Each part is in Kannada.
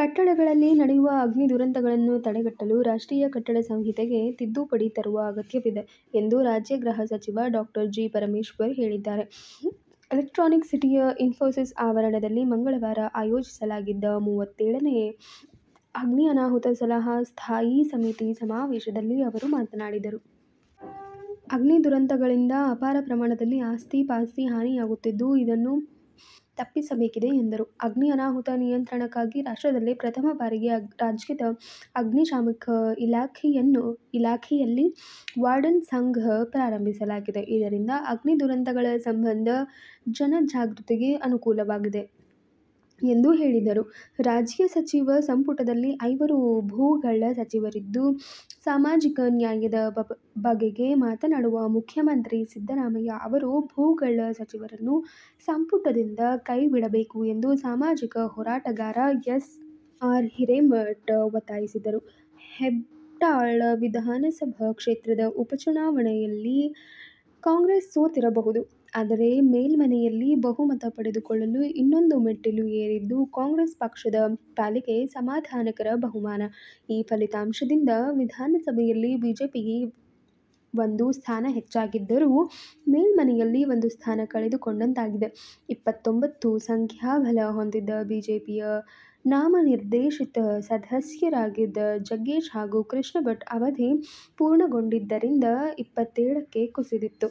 ಕಟ್ಟಡಗಳಲ್ಲಿ ನಡೆಯುವ ಅಗ್ನಿ ದುರಂತಗಳನ್ನು ತಡೆಗಟ್ಟಲು ರಾಷ್ಟ್ರೀಯ ಕಟ್ಟಡ ಸಂಹಿತೆಗೆ ತಿದ್ದುಪಡಿ ತರುವ ಅಗತ್ಯವಿದೆ ಎಂದು ರಾಜ್ಯ ಗೃಹ ಸಚಿವ ಡಾ ಜಿ. ಪರಮೇಶ್ವರ್ ಹೇಳಿದ್ದಾರೆ. ಎಲೆಕ್ಟ್ರಾನಿಕ್ ಸಿಟಿಯ ಇನ್ಫೋಸಿಸ್ ಆವರಣದಲ್ಲಿ ಮಂಗಳವಾರ ಆಯೋಜಿಸಲಾಗಿದ್ದ ಮೂವತ್ತೇಳನೇ ಅಗ್ನಿ ಅನಾಹುತ ಸಲಹಾ ಸ್ಥಾಯಿ ಸಮಿತಿ ಸಮಾವೇಶದಲ್ಲಿ ಅವರು ಮಾತನಾಡಿದರು. ಅಗ್ನಿ ದುರಂತಗಳಿಂದ ಅಪಾರ ಪ್ರಮಾಣದಲ್ಲಿ ಆಸ್ತಿಪಾಸ್ತಿ ಹಾನಿಯಾಗುತ್ತಿದ್ದು ಇದನ್ನು ತಪ್ಪಿಸಬೇಕಿದೆ ಎಂದರು. ಅಗ್ನಿ ಅನಾಹುತ ನಿಯಂತ್ರಣಕ್ಕಾಗಿ ರಾಷ್ಟ್ರದಲ್ಲೇ ಪ್ರಥಮ ಬಾರಿಗೆ ರಾಜ್ಯದ ಅಗ್ನಿ ಶಾಮಕ ಇಲಾಖೆಯಲ್ಲಿ ವಾರ್ಡನ್ ಸಂಘ ಪ್ರಾರಂಭಿಸಲಾಗಿದೆ. ಇದರಿಂದ ಅಗ್ನಿ ದುರಂತಗಳ ಸಂಬಂಧ ಜನ ಜಾಗೃತಿಗೆ ಅನುಕೂಲವಾಗಿದೆ ಎಂದು ಹೇಳಿದರು. ರಾಜ್ಯ ಸಚಿವ ಸಂಪುಟದಲ್ಲಿ ಐವರು ಭೂಗಳ್ಳ ಸಚಿವರಿದ್ದು, ಸಾಮಾಜಿಕ ನ್ಯಾಯದ ಬಗೆಗೆ ಮಾತನಾಡುವ ಮುಖ್ಯಮಂತ್ರಿ ಸಿದ್ದರಾಮಯ್ಯ ಅವರು ಭೂಗಳ್ಳ ಸಚಿವರನ್ನು ಸಂಪುಟದಿಂದ ಕೈ ಬಿಡಬೇಕು ಎಂದು ಸಾಮಾಜಿಕ ಹೋರಾಟಗಾರ ಎಸ್. ಆರ್. ಹಿರೇಮಠ ಒತ್ತಾಯಿಸಿದರು. ಹೆಬ್ಟಾಳ ವಿಧಾನಸಭಾ ಕ್ಷೇತ್ರದ ಉಪಚುನಾವಣೆಯಲ್ಲಿ ಕಾಂಗ್ರೆಸ್ ಸೋತಿರಬಹುದು. ಆದರೆ, ಮೇಲ್ಮನೆಯಲ್ಲಿ ಬಹುಮತ ಪಡೆದುಕೊಳ್ಳಲು ಇನ್ನೊಂದು ಮೆಟ್ಟಿಲು ಏರಿದ್ದು, ಕಾಂಗ್ರೆಸ್ ಪಕ್ಷದ ಪಾಲಿಗೆ ಸಮಾಧಾನಕರ ಬಹುಮಾನ. ಈ ಫಲಿತಾಂಶದಿಂದ ವಿಧಾನಸಭೆಯಲ್ಲಿ ಬಿಜೆಪಿಗೆ ಒಂದು ಸ್ಥಾನ ಹೆಚ್ಚಾಗಿದ್ದರೂ, ಮೇಲ್ಮನೆಯಲ್ಲಿ ಒಂದು ಸ್ಥಾನ ಕಳೆದುಕೊಂಡಂತಾಗಿದೆ. ಇಪ್ಪತ್ತೊಂಭತ್ತು ಸಂಖ್ಯಾಬಲ ಹೊಂದಿದ್ದ ಬಿಜೆಪಿಯ ನಾಮನಿರ್ದೇಶಿತ ಸದಸ್ಯರಾಗಿದ್ದ ಜಗ್ಗೇಶ್ ಹಾಗೂ ಕೃಷ್ಣಭಟ್ ಅವಧಿ ಪೂರ್ಣಗೊಂಡಿದ್ದರಿಂದ ಇಪ್ಪತ್ತೇಳಕ್ಕೆ ಕುಸಿದಿತ್ತು.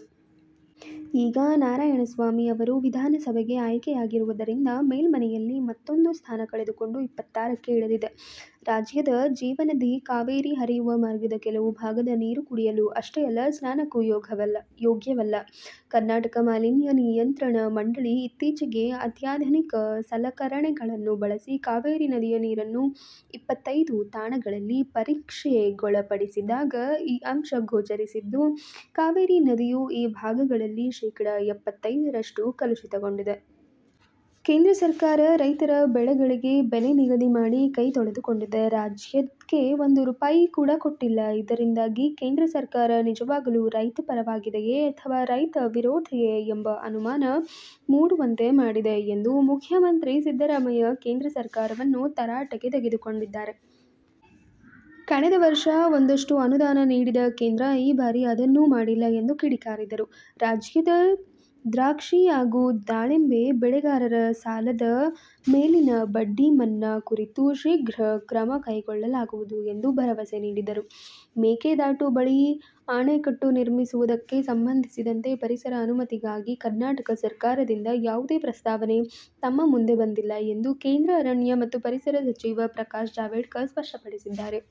ಈಗ ನಾರಾಯಣಸ್ವಾಮಿ ಅವರು ವಿಧಾನಸಭೆಗೆ ಆಯ್ಕೆಯಾಗಿರುವುದರಿಂದ ಮೇಲ್ಮನೆಯಲ್ಲಿ ಮತ್ತೂಂದು ಸ್ಥಾನ ಕಳೆದುಕೊಂಡು ಇಪ್ಪತ್ತಾರಕ್ಕೆ ಇಳಿದಿದೆ. ರಾಜ್ಯದ ಜೀವನದಿ ಕಾವೇರಿ ಹರಿಯುವ ಮಾರ್ಗದ ಕೆಲವು ಭಾಗದ ನೀರುಕುಡಿಯಲು ಅಷ್ಟೇ ಅಲ್ಲ ಸ್ನಾನಕ್ಕೂ ಯೋಗ್ಯವಲ್ಲ. ಕರ್ನಾಟಕ ಮಾಲಿನ್ಯ ನಿಯಂತ್ರಣ ಮಂಡಳಿ ಇತ್ತೀಚೆಗೆ ಅತ್ಯಾಧುನಿಕ ಸಲಕರಣೆಗಳನ್ನು ಬಳಸಿ ಕಾವೇರಿ ನದಿಯ ನೀರನ್ನು ಇಪ್ಪತ್ತೈದು ತಾಣಗಳಲ್ಲಿ ಪರೀಕ್ಷೆಗೊಳಪಡಿಸಿದಾಗ ಈ ಅಂಶ ಗೋಚರಿಸಿದ್ದು, ಕಾವೇರಿ ನದಿಯು ಈ ಭಾಗಗಳಲ್ಲಿ ಶೇಕಡಾ ಎಪ್ಪತ್ತೈದರಷ್ಟು ಕಲುಷಿತಗೊಂಡಿದೆ. ಕೇಂದ್ರ ಸರ್ಕಾರ ರೈತರ ಬೆಳೆಗಳಿಗೆ ಬೆಲೆ ನಿಗದಿ ಮಾಡಿ ಕೈ ತೊಳೆದುಕೊಂಡಿದೆ. ರಾಜ್ಯಕ್ಕೆ ಒಂದು ರೂಪಾಯಿ ಕೂಡ ಕೊಟ್ಟಿಲ್ಲ. ಇದರಿಂದಾಗಿ ಕೇಂದ್ರ ಸರ್ಕಾರ ನಿಜವಾಗಲೂ ರೈತ ಪರವಾಗಿದೆಯೇ ಅಥವಾ ರೈತ ವಿರೋಧಿಯೇ ಎಂಬ ಅನುಮಾನ ಮೂಡುವಂತೆ ಮಾಡಿದೆ ಎಂದು ಮುಖ್ಯಮಂತ್ರಿ ಸಿದ್ದರಾಮಯ್ಯ ಕೇಂದ್ರ ಸರ್ಕಾರವನ್ನು ತರಾಟೆಗೆ ತೆಗೆದುಕೊಂಡಿದ್ದಾರೆ. ಕಳೆದ ವರ್ಷ ಒಂದಷ್ಟು ಅನುದಾನ ನೀಡಿದ ಕೇಂದ್ರ ಈ ಬಾರಿ ಅದನ್ನೂ ಮಾಡಿಲ್ಲ ಎಂದು ಕಿಡಿಕಾರಿದರು. ರಾಜ್ಯದ ದ್ರಾಕ್ಷಿ ಹಾಗೂ ದಾಳಿಂಬೆ ಬೆಳೆಗಾರರ ಸಾಲದ ಮೇಲಿನ ಬಡ್ಡಿ ಮನ್ನಾ ಕುರಿತು ಶೀಘ್ರ ಕ್ರಮ ಕೈಗೊಳ್ಳಲಾಗುವುದು ಎಂದು ಭರವಸೆ ನೀಡಿದರು. ಮೇಕೆದಾಟು ಬಳಿ ಅಣೆಕಟ್ಟು ನಿರ್ಮಿಸು ವುದಕ್ಕೆ ಸಂಬಂಧಿಸಿದಂತೆ ಪರಿಸರ ಅನುಮತಿಗಾಗಿ ಕರ್ನಾಟಕ ಸರ್ಕಾರದಿಂದ ಯಾವುದೇ ಪ್ರಸ್ತಾವನೆ ತಮ್ಮ ಮುಂದೆ ಬಂದಿಲ್ಲ ಎಂದು ಕೇಂದ್ರ ಅರಣ್ಯ ಮತ್ತು ಪರಿಸರ ಸಚಿವ ಪ್ರಕಾಶ್ ಜಾವಡೇಕರ್ ಸ್ಪಷ್ಟಪಡಿಸಿದ್ದಾರೆ.